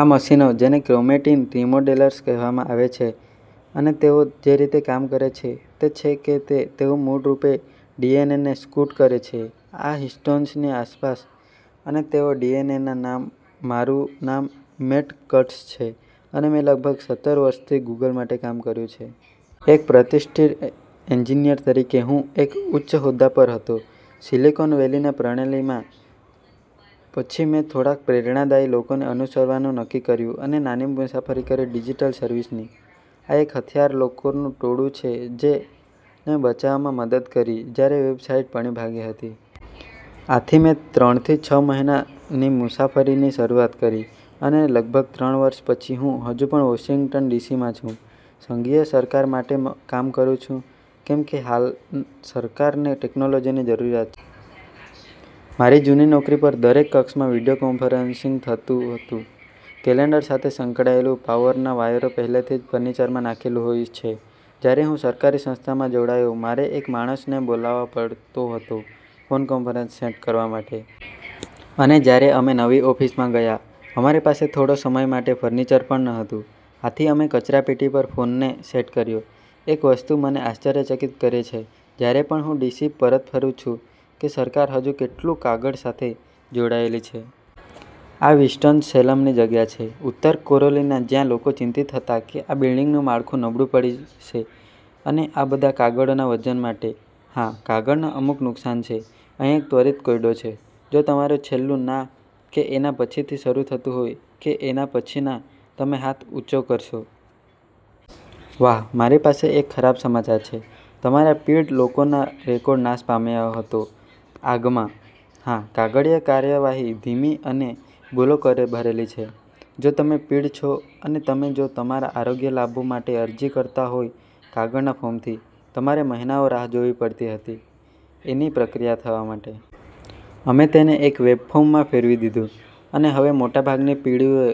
આ મશીનો જેને ક્રોમેટિન રિમોડેલર્સ કહેવામાં આવે છે, અને તેઓ જે રીતે કામ કરે છે તે છે કે તેઓ મૂળરૂપે ડીએનએને સ્કૂટ કરે છે આ હિસ્ટોન્સની આસપાસ અને તેઓ ડીએનએના। મારું નામ મેટ્ટ કટ્સ છે, અને મેં લગભગ સત્તર વર્ષથી ગુગલ માટે કામ કર્યું છે. એક પ્રતિષ્ઠિત એન્જીનીયર તરીકે, હું એક ઉચ્ચ હોદ્દા પર હતો સીલીકોન વેલીની પ્રણાલી માં. પછી મેં થોડાક પ્રેરણાદાયી લોકોને અનુસરવા નું નક્કી કર્યું અને નાની મુસાફરી કરી ડીજીટલ સર્વિસ ની. આ એક હોશિયાર લોકોનું ટોળું છે જેણે બચાવમાં મદદ કરી જયારે વેબસાઈટ પડી ભાંગી હતી. આથી મેં ત્રણ થી છ મહિના ની મુસાફરીની શરૂઆત કરી, અને લગભગ ત્રણ વર્ષ પછી, હું હજુ પણ વોશિંગ્ટન ડીસી માં છું, સંઘીય સરકાર માટે કામ કરું છું, કેમકે હાલ સરકાર ને ટેકનોલોજીની જરૂરીયાત છે. મારી જૂની નોકરી પર, દરેક કક્ષમાં વિડીયોકોન્ફરન્સીંગ હતું કેલેન્ડર સાથે સંકળાયેલુ, પાવરના વાયરો પેહલે થી જ ફર્નિચરમાં નાખેલું હોઈ છે. જયારે હું સરકારી સંસ્થામાં જોડાયો, મારે એક માણસ ને બોલાવવો પડતો હતો ફોન કોન્ફરન્સ સેટ કરવા માટે. અને જયારે અમે નવી ઓફીસ માં ગયા, અમારી પાસે થોડો સમય માટે ફર્નિચર પણ ન હતું, આથી અમે કચરા પેટી પર ફોન ને સેટ કર્યો. એક વસ્તુ મને આશ્ચર્યચકિત કરે છે, જયારે પણ હું ડીસી પરત ફરું છું, કે સરકાર હજુ કેટલું કાગળ સાથે જોડાયેલી છે. આ વિન્સ્ટન-સેલમ ની જગ્યા છે, ઉત્તર કોરોલીના, જ્યાં લોકો ચિંતિત હતા કે આ બિલ્ડીંગનું માળખું નબળું પડશે આ બધા કાગળોના વજન માટે. હા. કાગળના અમુક નુકસાન છે. અહી એક ત્વરિત કોયડો છે: જો તમારું છેલું નાં, કે એના પછીથી શરુ થતું હોય, કે એના પછીના, તમે હાથ ઉચો કરશો? વાહ. મારી પાસે એક ખરાબ સમાચાર છે: તમારા પીઢ લોકોનો રેકોર્ડ નાશ પામ્યો હતો આગ માં. હા, કાગળીય કાર્યવાહી ધીમી અને ભૂલો ભરેલી છે. જો તમે પીઢ છો અને તમે જો તમારા આરોગ્ય લાભો માટે અરજી કરતા હોય કાગળના ફોર્મ થી, તમારે મહિનાઓ રાહ જોવી પડતી હતી એની પ્રક્રિયા થવા માટે. અમે તેને એક વેબફોર્મ માં ફેરવી દીધું, અને હવે મોટાભાગના પીઢોએ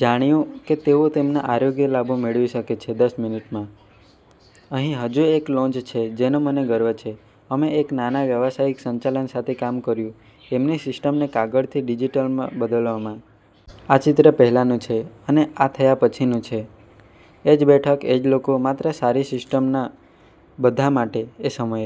જાણ્યું કે તેઓ તેમના આરોગ્ય લાભો મેળવી શકે છે દસ મિનીટમાં. અહી હજુ એક લોન્ચ છે જેનો મને ગર્વ છે. અમે એક નાના વ્યાવસાયિક સંચાલન સાથે કામ કર્યુ એમની સીસ્ટમને કાગળથી ડીજીટલ માં બદલવા માં. આ ચિત્ર પેહલાનું છે, અને આ થયા પછીનું છે. એજ બેઠક, એજ લોકો, માત્ર સારી સીસ્ટમ બધા માટે. એ સમયે,